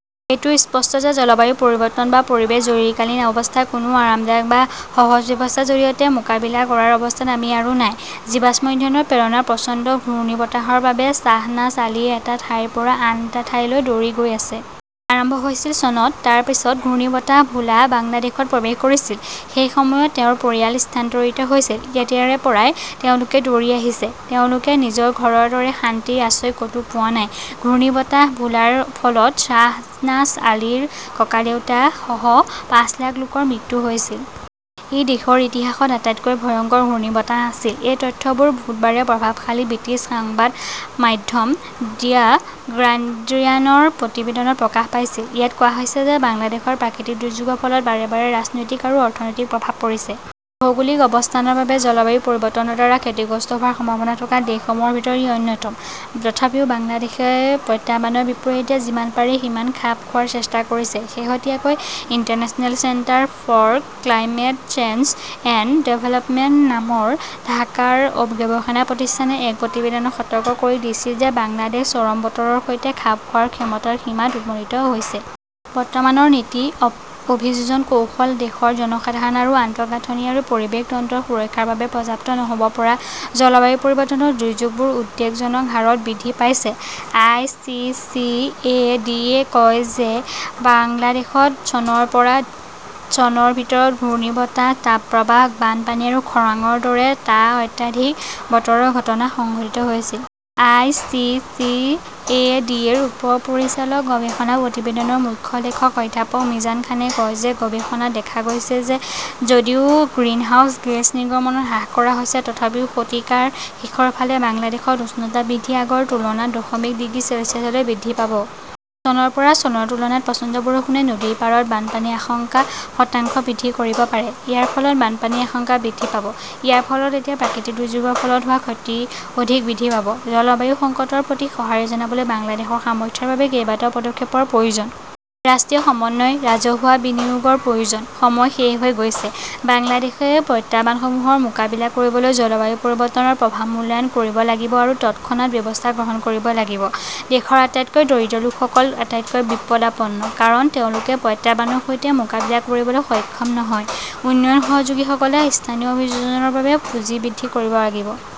এইটো স্পষ্ট যে জলবায়ু পৰিৱৰ্তন বা পৰিৱেশ জৰুৰীকালীন অৱস্থাক কোনো আৰামদায়ক বা সহজ ব্যৱস্থাৰ জৰিয়তে মোকাবিলা কৰাৰ অৱস্থাত আমি আৰু নাই। জীৱাশ্ম ইন্ধনৰ প্ৰেৰণা প্ৰচণ্ড ঘূৰ্ণীবতাহৰ বাবে শ্বাহনাজ আলী এটা ঠাইৰ পৰা আন এটা ঠাইলৈ দৌৰি গৈ আছে। আৰম্ভ হৈছিল চনত। তাৰ পিছত ঘূৰ্ণীবতাহ ভোলা বাংলাদেশত প্ৰৱেশ কৰিছিল। সেই সময়ত তেওঁৰ পৰিয়াল স্থানান্তৰিত হৈছিল। তেতিয়াৰ পৰাই তেওঁলোকে দৌৰি আহিছে; তেওঁলোকে নিজৰ ঘৰৰ দৰে শান্তিৰ আশ্ৰয় ক "তো পোৱা নাই। ঘূৰ্ণীবতাহ ভোলাৰ ফলত শ্বাহনাজ আলীৰ ককাদেউতা সহ পাঁচ লাখ লোকৰ মৃত্যু হৈছিল। ই দেশৰ ইতিহাসত আটাইতকৈ ভয়ংকৰ ঘূৰ্ণীবতাহ আছিল। এই তথ্যবোৰ বুধবাৰে প্ৰভাৱশালী ব্ৰিটিছ সংবাদ মাধ্যম দ্য গাৰ্ডিয়ানৰ প্ৰতিবেদনত প্ৰকাশ পাইছিল। ইয়াত কোৱা হৈছে যে বাংলাদেশত প্ৰাকৃতিক দুৰ্যোগৰ ফলত বাৰে বাৰে ৰাজনৈতিক আৰু অৰ্থনৈতিক প্ৰভাৱ পৰিছে। ভৌগোলিক অৱস্থানৰ বাবে জলবায়ু পৰিৱৰ্তনৰ দ্বাৰা ক্ষতিগ্ৰস্ত হোৱাৰ সম্ভাৱনা থকা দেশসমূহৰ ভিতৰত ই অন্যতম। তথাপিও বাংলাদেশই প্ৰত্যাহ্বানৰ বিপৰীতে যিমান পাৰি সিমান খাপ খোৱাৰ চেষ্টা কৰিছে। শেহতীয়াকৈ, International Centre for Climate Change and Development নামৰ ঢাকাৰ গৱেষণা প্ৰতিষ্ঠানে এক প্ৰতিবেদনত সতৰ্ক কৰি দিছিল যে বাংলাদেশ চৰম বতৰৰ সৈতে খাপ খোৱাৰ ক্ষমতাৰ সীমাত উপনীত হৈছে। বৰ্তমানৰ নীতি, অভিযোজন কৌশল দেশৰ জনসাধাৰণ আৰু আন্তঃগাঁথনি আৰু পৰিৱেশ তন্ত্ৰৰ সুৰক্ষাৰ বাবে পৰ্যাপ্ত নহ 'ব পৰা জলবায়ু পৰিৱৰ্তনৰ দুৰ্যোগবোৰ উদ্বেগজনক হাৰত বৃদ্ধি পাইছে। I. C. C. C. A. D. -য়ে কয় যে বাংলাদেশত চনৰ পৰা চনৰ ভিতৰত ঘূৰ্ণীবতাহ, তাপপ্ৰবাহ, বানপানী আৰু খৰাংৰ দৰে টা অত্যাধিক বতৰৰ ঘটনা সংঘটিত হৈছিল। I. C. C. C. A. D. -ৰ উপ-পৰিচালক গৱেষণা প্ৰতিবেদনৰ মুখ্য লেখক অধ্যাপক মিজান খানে কয় যে গৱেষণাত দেখা গৈছে যে যদিও গ্ৰিনহাউজ গেছ নিৰ্গমন হ্ৰাস কৰা হৈছে, তথাপিও শতিকাৰ শেষৰ ফালে বাংলাদেশত উষ্ণতা বৃদ্ধি আগৰ তুলনাত দশমিক ডিগ্ৰী চেলছিয়াছলৈ বৃদ্ধি পাব। চনৰ পৰা চনৰ তুলনাত প্ৰচণ্ড বৰষুণে নদীৰ পাৰত বানপানীৰ আশংকা শতাংশ বৃদ্ধি কৰিব পাৰে। ইয়াৰ ফলত বানপানীৰ আশংকা বৃদ্ধি পাব। ইয়াৰ ফলত এতিয়া প্ৰাকৃতিক দুৰ্যোগৰ ফলত হোৱা ক্ষতি অধিক বৃদ্ধি পাব। জলবায়ু সংকটৰ প্ৰতি সঁহাৰি জনাবলৈ বাংলাদেশৰ সামৰ্থ্যৰ বাবে কেইবাটাও পদক্ষেপৰ প্ৰয়োজন। ৰাষ্ট্ৰীয় সমন্বয়, ৰাজহুৱা বিনিয়োগৰ প্ৰয়োজন। সময় শেষ হৈ গৈছে। বাংলাদেশই প্ৰত্যাহ্বানসমূহৰ মোকাবিলা কৰিবলৈ জলবায়ু পৰিৱৰ্তনৰ প্ৰভাৱ মূল্যায়ন কৰিব লাগিব আৰু তৎক্ষণাত ব্যৱস্থা গ্ৰহণ কৰিব লাগিব। দেশৰ আটাইতকৈ দৰিদ্ৰ লোকসকল আটাইতকৈ বিপদাপন্ন। কাৰণ, তেওঁলোকে প্ৰত্যাহ্বানৰ সৈতে মোকাবিলা কৰিবলৈ সক্ষম নহয়। উন্নয়ন সহযোগীসকলে স্থানীয় অভিযোজনৰ বাবে পুঁজি বৃদ্ধি কৰিব লাগিব।